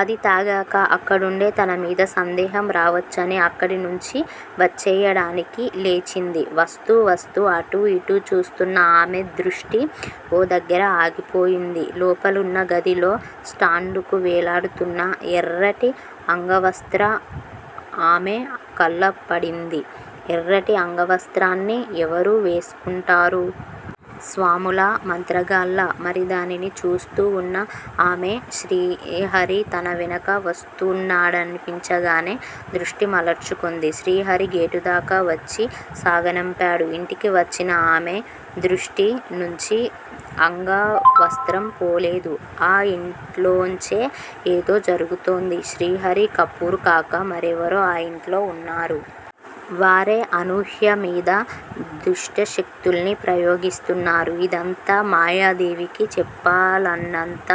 అది తాగాక అక్కడుంటే తనమీద సందేహం రావచ్చని అక్కడి నుంచి వచ్చెయ్యడానికి లేచింది. వస్తూ- వస్తూ అటూ- ఇటూ చూస్తున్న ఆమె దృష్టి ఓ దగ్గర ఆగిపోయింది. లోపలున్న గదిలో స్టాండ్ కు వేలాడుతున్న ఎర్రటి అంగవస్త్రం ఆమె కళ్ళ పడింది. ఎర్రటి అంగవస్త్రాన్ని ఎవరు వేసుకుంటారు? స్వాములా? మంత్రగాళ్ళా? మరి దానిని చూస్తూ వున్న ఆమె శ్రీహరి తన వెనుక వస్తున్నాడనిపించగానే దృష్టి మరల్చుకుంది. శ్రీహరి గేటుదాకా వచ్చి సాగనంపాడు. ఇంటికి వచ్చినా ఆమె దృష్టి నుంచి అంగవస్త్రం పోలేదు. ఆ ఇంటిలోంచే ఏదో జరుగుతోంది. శ్రీహరి, కపూర్ కాక మరెవరో ఆ యింట్లో వున్నారు. వారే అనూహ్యమీద దుష్టశక్తుల్ని ప్రయోగిస్తున్నారు. ఇదంతా మాయాదేవికి చెప్పాలన్నంత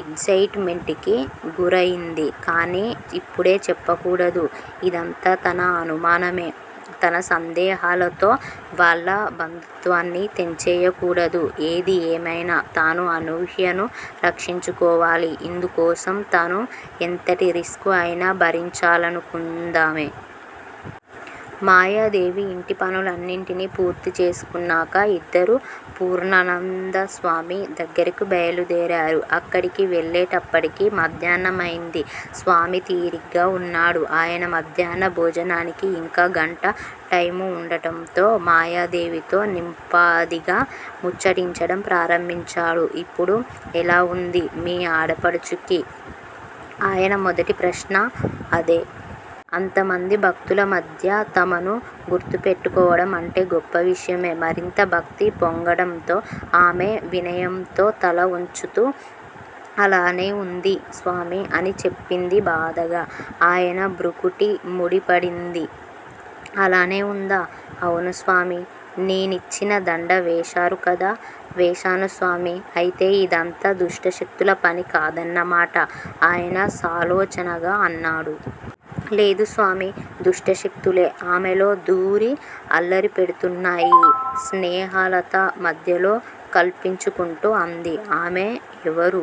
ఎగ్జయిట్ మెంట్ కి గురయింది. కానీ ఇప్పుడే చెప్పకూడదు. ఇదంతా తన అనుమానమే. తన సందేహాలతో వాళ్ళ బంధుత్వాన్ని తెంచేయకూడదు. ఏది ఏమైనా తను అనూహ్యను రక్షించుకోవాలి. ఇందుకోసం తను ఎంతటి రిస్క్ అయినా భరించాలనుకుందామె. మాయాదేవి ఇంటిపనులన్నిటినీ పూర్తి చేసుకున్నాక ఇద్దరూ పూర్ణానందస్వామి దగ్గరికి బయలుదేరారు. అక్కడికి వెళ్ళేటప్పటికి మాధ్యాహ్నమైంది. స్వామి తీరిగ్గా వున్నాడు. ఆయన మధ్యాహ్న భోజనానికి ఇంకా గంట టైము వుండడంతో మాయాదేవితో నింపాదిగా ముచ్చటించడం ప్రారంభించాడు. ఇప్పుడు ఎలా వుంది మీ ఆడపడుచుకి? ఆయన మొదటి ప్రశ్న అదే. అంతమంది భక్తుల మధ్య తమను గుర్తుపెట్టుకోవడం అంటే గొప్ప విషయమే. మరింత భక్తి పొంగడంతో ఆమె వినయంతో తల వొంచుతూ అలానే వుంది స్వామీ అని చెప్పింది బాధగా. ఆయన భృకుటి ముడిపడింది. అలానే వుందా? అవును స్వామీ! నేనిచ్చిన దండ వేశారు కదా! వేశాను స్వామీ అయితే ఇదంతా దుష్టశక్తుల పని కాదన్న మాట ఆయన సాలోచనగా అన్నాడు. లేదు స్వామీ! దుష్టశక్తులే ఆమెలో దూరి అల్లరి పెడుతున్నాయి స్నేహలత మధ్యలో కల్పించుకుంటూ అంది. ఆమె ఎవరు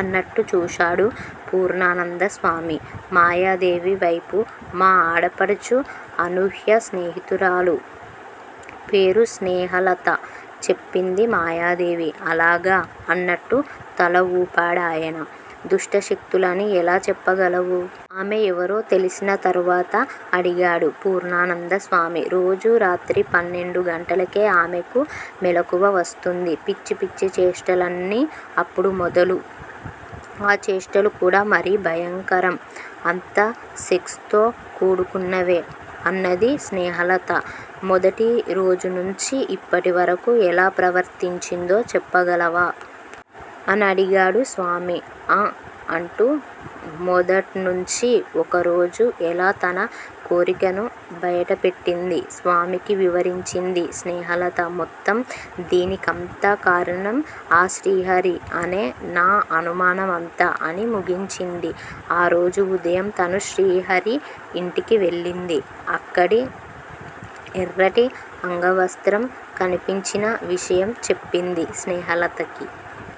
అన్నట్టు చూశాడు పూర్ణానందస్వామి మాయాదేవి వైపు మా ఆడపడుచు అనూహ్య స్నేహితురాలు- పేరు స్నేహలత చెప్పింది మాయాదేవి. అలాగా అన్నట్టు తల వూపాడాయన. దుష్టశక్తులని ఎలా చెప్పగలవు? ఆమెవరో తెలిసిన తరువాత అడిగాడు పూర్ణానందస్వామి. రోజూ రాత్రి పన్నెండుగంటలకే ఆమెకు మెలకువ వస్తుంది. పిచ్చి పిచ్చి చేష్టలన్నీ అప్పుడు మొదలు. ఆ చేష్టలు కూడా మరీ భయంకరం. అంతా సెక్స్ తో కూడుకున్నవే అన్నది స్నేహలత. మొదటి రోజునుంచీ ఇప్పటివరకు ఎలా ప్రవర్తించిందో చెప్పగలవా? అనడిగాడు స్వామి. ఆఁ అంటూ మొదట్నుంచీ ఒక్కోరోజు ఎలా తన కోరికను బయటపెట్టిందీ స్వామికి వివరించింది స్నేహలత. మొత్తం దీనికంతా కారణం ఆ శ్రీహరి అనే నా అనుమానమంతా అని ముగించింది. ఆరోజు ఉదయం తను శ్రీహరి ఇంటికి వెళ్ళిందీ, అక్కడి ఎర్రటి అంగవస్త్రం కనిపించిన విషయం చెప్పింది స్నేహలత.